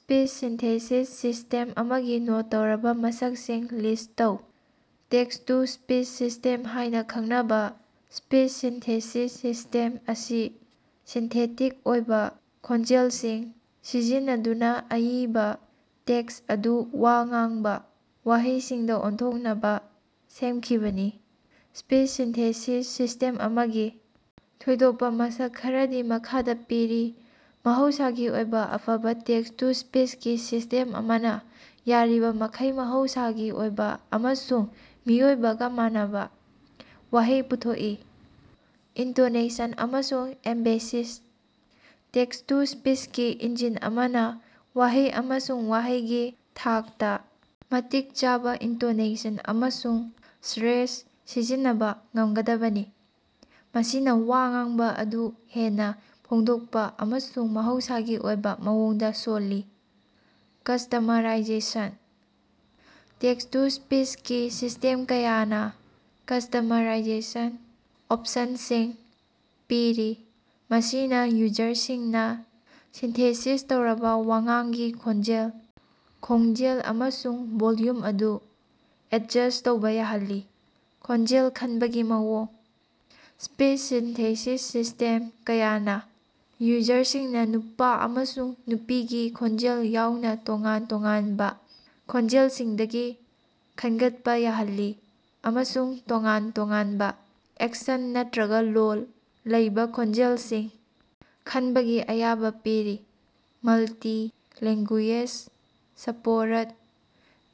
Speech synthesis system ꯑꯃꯒꯤ note ꯇꯧꯔꯕ ꯃꯁꯛꯁꯤꯡ ꯂꯤꯁ ꯇꯧ꯫ ꯇꯦꯛꯁ-ꯇꯨ-ꯁ꯭ꯄꯤꯆ ꯁꯤꯁꯇꯦꯝ ꯍꯥꯏꯅ ꯈꯪꯅꯕꯥ ꯁ꯭ꯄꯤꯆ ꯁꯤꯟꯊꯦꯁꯤꯁ ꯁꯤꯁꯇꯦꯝ ꯑꯁꯤ ꯁꯤꯟꯊꯦꯇꯤꯛ ꯑꯣꯏꯕ ꯈꯣꯟꯖꯦꯜꯁꯤꯡ ꯁꯤꯖꯤꯟꯅꯗꯨꯅ ꯑꯏꯕ ꯇꯦꯛꯁ ꯑꯗꯨ ꯋꯥ ꯉꯥꯡꯕ ꯋꯥꯍꯩꯁꯤꯡꯗ ꯑꯣꯟꯊꯣꯛꯅꯕ ꯁꯦꯝꯈꯤꯕꯅꯤ꯫ ꯁ꯭ꯄꯤꯆ ꯁꯤꯟꯊꯦꯁꯤꯁ ꯁꯤꯁꯇꯦꯝ ꯑꯃꯒꯤ ꯊꯣꯏꯗꯣꯛꯄ ꯃꯁꯛ ꯈꯔꯗꯤ ꯃꯈꯥꯗ ꯄꯤꯔꯤ: ꯃꯍꯧꯁꯥꯒꯤ ꯑꯣꯏꯕ: ꯑꯐꯕ ꯇꯦꯛꯁ ꯇꯨ ꯁ꯭ꯄꯤꯁꯀꯤ ꯁꯤꯁ꯭ꯇꯦꯝ ꯑꯃꯅ ꯌꯥꯔꯤꯕꯃꯈꯩ ꯃꯍꯧꯁꯥꯒꯤ ꯑꯣꯏꯕ ꯑꯃꯁꯨꯡ ꯃꯤꯑꯣꯏꯕꯒꯥ ꯃꯥꯟꯅꯕ ꯋꯥꯍꯩ ꯄꯨꯊꯣꯛꯏ꯫ ꯏꯟꯇꯣꯅꯦꯁꯟ ꯑꯃꯁꯨꯡ ꯑꯦꯝꯕꯦꯁꯤꯁ: ꯇꯦꯛꯁ ꯇꯨ ꯁ꯭ꯄꯤꯆꯀꯤ ꯏꯟꯖꯤꯟ ꯑꯃꯅ ꯋꯥꯍꯩ ꯑꯃꯁꯨꯡ ꯋꯥꯍꯩꯒꯤ ꯊꯥꯛꯇꯥ ꯃꯇꯤꯛ ꯆꯥꯕ ꯏꯟꯇꯣꯅꯦꯁꯟ ꯑꯃꯁꯨꯡ ꯁ꯭ꯠꯔꯦꯁ ꯁꯤꯖꯤꯟꯅꯕ ꯉꯝꯒꯗꯕꯅꯤ, ꯃꯁꯤꯅ ꯋꯥ ꯉꯥꯡꯕ ꯑꯗꯨ ꯍꯦꯟꯅ ꯐꯣꯡꯗꯣꯛꯄ ꯑꯃꯁꯨꯡ ꯃꯍꯧꯁꯥꯒꯤ ꯑꯣꯏꯕ ꯃꯑꯣꯡꯗ ꯁꯣꯜꯂꯤ꯫ ꯀꯁꯇꯃꯔꯥꯏꯖꯦꯁꯟ: ꯇꯦꯛꯁ ꯇꯨ ꯁ꯭ꯄꯤꯆꯀꯤ ꯁꯤꯁꯇꯦꯝ ꯀꯌꯥꯅ ꯀꯁꯇꯃꯔꯥꯏꯖꯦꯁꯟ ꯑꯣꯞꯁꯟꯁꯤꯡ ꯄꯤꯔꯤ, ꯃꯁꯤꯅ ꯌꯨꯖꯔꯁꯤꯡꯅꯥ ꯁꯤꯟꯊꯦꯁꯤꯁ ꯇꯧꯔꯕ ꯋꯥꯉꯥꯡꯒꯤ ꯈꯣꯟꯖꯦꯜ, ꯈꯣꯡꯖꯦꯜ ꯑꯃꯁꯨꯡ ꯚꯣꯜꯌꯨꯝ ꯑꯗꯨ ꯑꯦꯠꯖꯁ ꯇꯧꯕ ꯌꯥꯍꯜꯂꯤ꯫ ꯈꯣꯟꯖꯦꯜ ꯈꯟꯕꯒꯤ ꯃꯑꯣꯡ: ꯁ꯭ꯄꯤꯆ ꯁꯤꯟꯊꯦꯁꯤꯁ ꯁꯤꯁꯇꯦꯝ ꯀꯌꯥꯅ ꯌꯨꯖꯔꯁꯤꯡꯅꯥ ꯅꯨꯄꯥ ꯑꯃꯁꯨꯡ ꯅꯨꯄꯤꯒꯤ ꯈꯣꯟꯖꯦꯜ ꯌꯥꯎꯅ ꯇꯣꯉꯥꯟ ꯇꯣꯉꯥꯟꯕ ꯈꯣꯟꯖꯦꯜꯁꯤꯡꯗꯒꯤ ꯈꯟꯒꯠꯄꯥ ꯌꯥꯍꯜꯂꯤ, ꯑꯃꯁꯨꯡ ꯇꯣꯉꯥꯟ ꯇꯣꯉꯥꯟꯕ ꯑꯦꯛꯁꯦꯟ ꯅꯠꯇ꯭ꯔꯒ ꯂꯣꯜ ꯂꯩꯕ ꯈꯣꯟꯖꯦꯜꯁꯤꯡ ꯈꯟꯕꯒꯤ ꯑꯌꯥꯕ ꯄꯤꯔꯤ꯫ ꯃꯜꯇꯤ-ꯂꯦꯡꯒꯨꯌꯦꯖ ꯁꯄꯣꯔꯠ: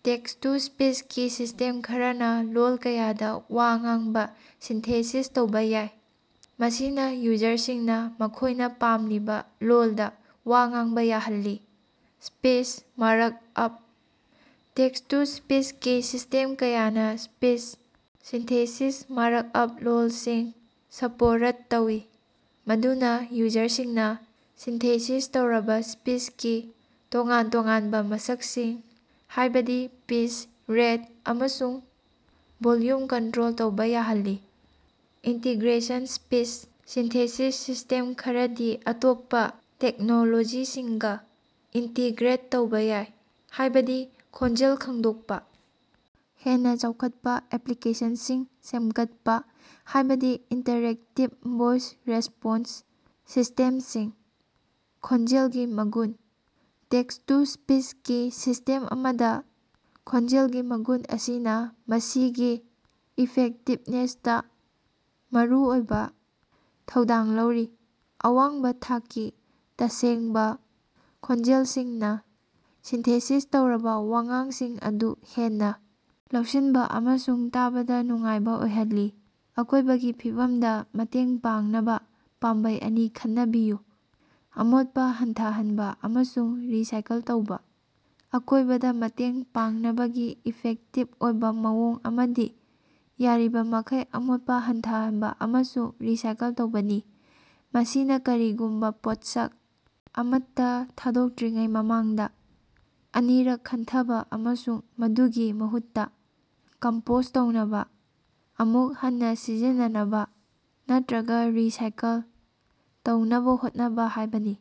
ꯇꯦꯛꯁ ꯇꯨ ꯁ꯭ꯄꯤꯆꯀꯤ ꯁꯤꯁꯇꯦꯝ ꯈꯔꯅꯥ ꯂꯣꯜ ꯀꯌꯥꯗ ꯋꯥ ꯉꯥꯡꯕ ꯁꯤꯟꯊꯦꯁꯤꯁ ꯇꯧꯕ ꯌꯥꯏ, ꯃꯁꯤꯅ ꯌꯨꯖꯔꯁꯤꯡꯅꯥ ꯃꯈꯣꯏꯅ ꯄꯥꯝꯂꯤꯕ ꯂꯣꯜꯗꯥ ꯋꯥ ꯉꯥꯡꯕ ꯌꯥꯍꯜꯂꯤ꯫ ꯁ꯭ꯄꯤꯆ ꯃꯥꯔꯛꯑꯞ: ꯇꯦꯛꯁ ꯇꯨ ꯁ꯭ꯄꯤꯆꯀꯤ ꯁꯤꯁꯇꯦꯝ ꯀꯌꯥꯅ ꯁ꯭ꯄꯤꯆ ꯁꯤꯟꯊꯦꯁꯤꯁ ꯃꯥꯔꯛꯑꯞ ꯂꯣꯜꯁꯤꯡ ꯁꯄꯣꯔꯠ ꯇꯧꯏ, ꯃꯗꯨꯅ ꯌꯨꯖꯔꯁꯤꯡꯅꯥ ꯁꯤꯟꯊꯦꯁꯤꯁ ꯇꯧꯔꯕ ꯁ꯭ꯄꯤꯆꯀꯤ ꯇꯣꯉꯥꯟ-ꯇꯣꯉꯥꯟꯕ ꯃꯁꯛꯁꯤꯡ, ꯍꯥꯏꯕꯗꯤ ꯄꯤꯁ, ꯔꯦꯠ, ꯑꯃꯁꯨꯡ ꯚꯣꯜꯌꯨꯝ ꯀꯟꯇ꯭ꯔꯣꯜ ꯇꯧꯕ ꯌꯥꯍꯜꯂꯤ꯫ ꯏꯟꯇꯤꯒ꯭ꯔꯦꯁꯟ: ꯁ꯭ꯄꯤꯆ ꯁꯤꯟꯊꯦꯁꯤꯁ ꯁꯤꯁꯇꯦꯝ ꯈꯔꯗꯤ ꯑꯇꯣꯞꯄ ꯇꯦꯛꯅꯣꯂꯣꯖꯤꯁꯤꯡꯒꯥ ꯏꯟꯇꯤꯒ꯭ꯔꯦꯠ ꯇꯧꯕ ꯌꯥꯏ, ꯍꯥꯏꯕꯗꯤ ꯈꯣꯟꯖꯦꯜ ꯈꯪꯗꯣꯛꯄꯥ, ꯍꯦꯟꯅ ꯆꯥꯎꯈꯠꯄ ꯑꯦꯄ꯭ꯂꯤꯀꯦꯁꯟꯁꯤꯡ ꯁꯦꯝꯒꯠꯄꯥ, ꯍꯥꯏꯕꯗꯤ ꯏꯟꯇꯔꯦꯛꯇꯤꯚ ꯚꯣꯏꯁ ꯔꯦꯁꯄꯣꯟꯁ ꯁꯤꯁꯇꯦꯝꯁꯤꯡ꯫ ꯈꯣꯟꯖꯦꯜꯒꯤ ꯃꯒꯨꯟ: ꯇꯦꯛꯁ ꯇꯨ ꯁ꯭ꯄꯤꯆꯀꯤ ꯁꯤꯁꯇꯦꯝ ꯑꯃꯗ ꯈꯣꯟꯖꯦꯜꯒꯤ ꯃꯒꯨꯟ ꯑꯁꯤꯅ ꯃꯁꯤꯒꯤ ꯏꯐꯦꯛꯇꯤꯚꯅꯦꯁꯇꯥ ꯃꯔꯨꯑꯣꯏꯕ ꯊꯧꯗꯥꯡ ꯂꯧꯔꯤ꯫ ꯑꯋꯥꯡꯕ ꯊꯥꯛꯀꯤ, ꯇꯁꯦꯡꯕꯥ ꯈꯣꯟꯖꯦꯜꯁꯤꯡꯅꯥ ꯁꯤꯟꯊꯦꯁꯤꯁ ꯇꯧꯔꯕ ꯋꯥꯉꯥꯡꯁꯤꯡ ꯑꯗꯨ ꯍꯦꯟꯅ ꯂꯧꯁꯤꯟꯕ ꯑꯃꯁꯨꯡ ꯇꯥꯕꯗ ꯅꯨꯡꯉꯥꯏꯕ ꯑꯣꯏꯍꯜꯂꯤ꯫ ꯑꯀꯣꯏꯕꯒꯤ ꯐꯤꯚꯝꯗꯥ ꯃꯇꯦꯡ ꯄꯥꯡꯅꯕ ꯄꯥꯝꯕꯩ ꯑꯅꯤ ꯈꯟꯅꯕꯤꯌꯨ꯫ ꯑꯃꯣꯠꯄ ꯍꯟꯊꯍꯟꯕꯥ ꯑꯃꯁꯨꯡ ꯔꯤꯁꯥꯏꯀꯜ ꯇꯧꯕꯥ: ꯑꯀꯣꯏꯕꯗ ꯃꯇꯦꯡ ꯄꯥꯡꯅꯕꯒꯤ ꯏꯐꯦꯛꯇꯤꯚ ꯑꯣꯏꯕ ꯃꯑꯣꯡ ꯑꯃꯗꯤ ꯌꯥꯔꯤꯕꯃꯈꯩ ꯑꯃꯣꯠꯄ ꯍꯟꯊꯍꯟꯕ ꯑꯃꯁꯨꯡ ꯔꯤꯁꯥꯏꯀꯜ ꯇꯧꯕꯅꯤ꯫ ꯃꯁꯤꯅ ꯀꯔꯤꯒꯨꯝꯕ ꯄꯣꯠꯁꯛ ꯑꯃꯠꯇ ꯊꯥꯗꯣꯛꯇ꯭ꯔꯤꯉꯩ ꯃꯃꯥꯡꯗ ꯑꯅꯤꯔꯛ ꯈꯟꯊꯕꯥ ꯑꯃꯁꯨꯡ ꯃꯗꯨꯒꯤ ꯃꯍꯨꯠꯇꯥ ꯀꯝꯄꯣꯁ ꯇꯧꯅꯕ, ꯑꯃꯨꯛ ꯍꯟꯅꯥ ꯁꯤꯖꯤꯟꯅꯅꯕ ꯅꯠꯇ꯭ꯔꯒ ꯔꯤꯁꯥꯏꯀꯜ ꯇꯧꯅꯕ ꯍꯣꯠꯅꯕ ꯍꯥꯏꯕꯅꯤ꯫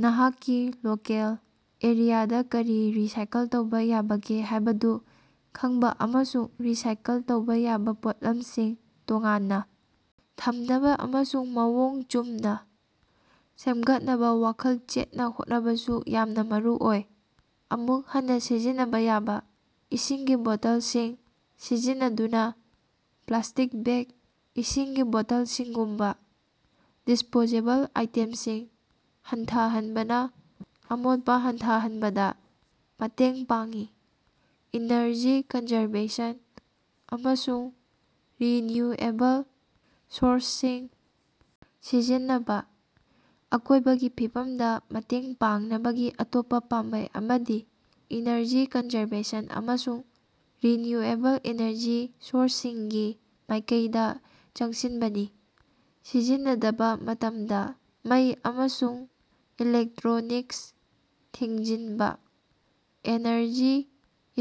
ꯅꯍꯥꯛꯀꯤ ꯂꯣꯀꯦꯜ ꯑꯦꯔꯤꯌꯥꯗ ꯀꯔꯤ ꯔꯤꯁꯥꯏꯀꯜ ꯇꯧꯕ ꯌꯥꯕꯒꯦ ꯍꯥꯏꯕꯗꯨ ꯈꯪꯕ ꯑꯃꯁꯨꯡ ꯔꯤꯁꯥꯏꯀꯜ ꯇꯧꯕ ꯌꯥꯕ ꯄꯣꯠꯂꯝꯁꯤꯡ ꯇꯣꯉꯥꯟꯅ ꯊꯝꯅꯕ ꯑꯃꯁꯨꯡ ꯃꯑꯣꯡ ꯆꯨꯝꯅꯥ ꯁꯦꯝꯒꯠꯅꯕ ꯋꯥꯈꯜ ꯆꯦꯠꯅ ꯍꯣꯠꯅꯕꯁꯨ ꯌꯥꯝꯅ ꯃꯔꯨꯑꯣꯏ꯫ ꯑꯃꯨꯛ ꯍꯟꯅꯥ ꯁꯤꯖꯤꯟꯅꯕ ꯌꯥꯕ ꯏꯁꯤꯡꯒꯤ ꯕꯣꯇꯜꯁꯤꯡ ꯁꯤꯖꯤꯟꯅꯗꯨꯅ ꯄ꯭ꯂꯥꯁꯇꯤꯛ ꯕꯦꯛ, ꯏꯁꯤꯡꯒꯤ ꯕꯣꯇꯜꯁꯤꯡꯒꯨꯝꯕ ꯗꯤꯁꯄꯣꯖꯦꯕꯜ ꯑꯥꯏꯇꯦꯝꯁꯤꯡ ꯍꯟꯊꯍꯟꯕꯅꯥ ꯑꯃꯣꯠꯄ ꯍꯟꯊꯍꯟꯕꯗꯥ ꯃꯇꯦꯡ ꯄꯥꯡꯏ꯫ ꯏꯅꯔꯖꯤ ꯀꯟꯖꯔꯕꯦꯁꯟ ꯑꯃꯁꯨꯡ ꯔꯤꯅ꯭ꯌꯨꯑꯦꯕꯜ ꯁꯣꯔꯁꯁꯤꯡ ꯁꯤꯖꯤꯟꯅꯕ: ꯑꯀꯣꯏꯕꯒꯤ ꯐꯤꯚꯝꯗ ꯃꯇꯦꯡ ꯄꯥꯡꯅꯕꯒꯤ ꯑꯇꯣꯞꯄ ꯄꯥꯝꯕꯩ ꯑꯃꯗꯤ ꯏꯅꯔꯖꯤ ꯀꯟꯖꯔꯕꯦꯁꯟ ꯑꯃꯁꯨꯡ ꯔꯤꯅ꯭ꯌꯨꯑꯦꯕꯜ ꯏꯅꯔꯖꯤ ꯁꯣꯔꯁꯁꯤꯡꯒꯤ ꯃꯥꯏꯀꯩꯗ ꯆꯪꯁꯤꯟꯕꯅꯤ꯫ ꯁꯤꯖꯤꯟꯅꯗꯕ ꯃꯇꯝꯗ ꯃꯩ ꯑꯃꯁꯨꯡ ꯏꯂꯦꯛꯇ꯭ꯔꯣꯅꯤꯛꯁ ꯊꯤꯡꯖꯤꯟꯕ, ꯑꯦꯅꯔꯖꯤ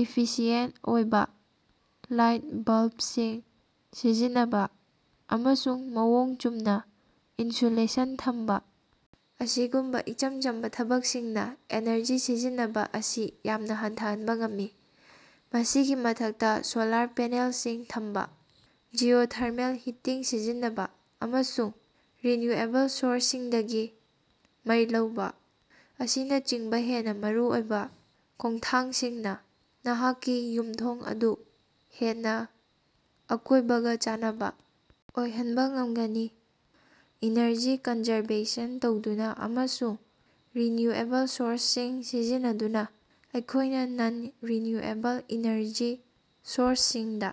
ꯏꯐꯤꯁꯤꯑꯦꯟ ꯑꯣꯏꯕ ꯂꯥꯏꯠ ꯕꯜꯕꯁꯤꯡ ꯁꯤꯖꯤꯟꯅꯕ, ꯑꯃꯁꯨꯡ ꯃꯑꯣꯡ ꯆꯨꯝꯅ ꯏꯟꯁꯨꯂꯦꯁꯟ ꯊꯝꯕ ꯑꯁꯤꯒꯨꯝꯕ ꯏꯆꯝ ꯆꯝꯕ ꯊꯕꯛꯁꯤꯡꯅꯥ ꯑꯦꯅꯔꯖꯤ ꯁꯤꯖꯤꯟꯅꯕ ꯑꯁꯤ ꯌꯥꯝꯅ ꯍꯟꯊꯍꯟꯕ ꯉꯝꯃꯤ꯫ ꯃꯁꯤꯒꯤ ꯃꯊꯛꯇꯥ, ꯁꯣꯂꯥꯔ ꯄꯦꯅꯦꯜꯁꯤꯡ ꯊꯝꯕ, ꯖꯤꯑꯣꯊꯔꯃꯦꯜ ꯍꯤꯇꯤꯡ ꯁꯤꯖꯤꯟꯅꯕ, ꯑꯃꯁꯨꯡ ꯔꯤꯅ꯭ꯌꯨꯑꯦꯕꯜ ꯁꯣꯔꯁꯁꯤꯡꯗꯒꯤ ꯃꯩ ꯂꯧꯕ ꯑꯁꯤꯅꯆꯤꯡꯕ ꯍꯦꯟꯅ ꯃꯔꯨꯑꯣꯏꯕ ꯈꯣꯡꯊꯥꯡꯁꯤꯡꯅ ꯅꯍꯥꯛꯀꯤ ꯌꯨꯝꯊꯣꯡ ꯑꯗꯨ ꯍꯦꯟꯅꯥ ꯑꯀꯣꯏꯕꯒꯥ ꯆꯥꯟꯅꯕ ꯑꯣꯏꯍꯟꯕ ꯉꯝꯒꯅꯤ꯫ ꯏꯅꯔꯖꯤ ꯀꯟꯖꯔꯕꯦꯁꯟ ꯇꯧꯗꯨꯅ ꯑꯃꯁꯨꯡ ꯔꯤꯅ꯭ꯌꯨꯑꯦꯕꯜ ꯁꯣꯔꯁꯁꯤꯡ ꯁꯤꯖꯤꯟꯅꯗꯨꯅ ꯑꯩꯈꯣꯏꯅ ꯅꯟ-ꯔꯤꯅ꯭ꯌꯨꯑꯦꯕꯜ ꯏꯅꯔꯖꯤ ꯁꯣꯔꯁꯁꯤꯡꯗꯥ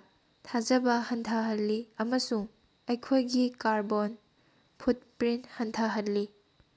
ꯊꯥꯖꯕ ꯍꯟꯊꯍꯜꯂꯤ ꯑꯃꯁꯨꯡ ꯑꯩꯈꯣꯏꯒꯤ ꯀꯥꯔꯕꯣꯟ ꯐꯨꯠꯄ꯭ꯔꯤꯟ ꯍꯟꯊꯍꯜꯂꯤ꯫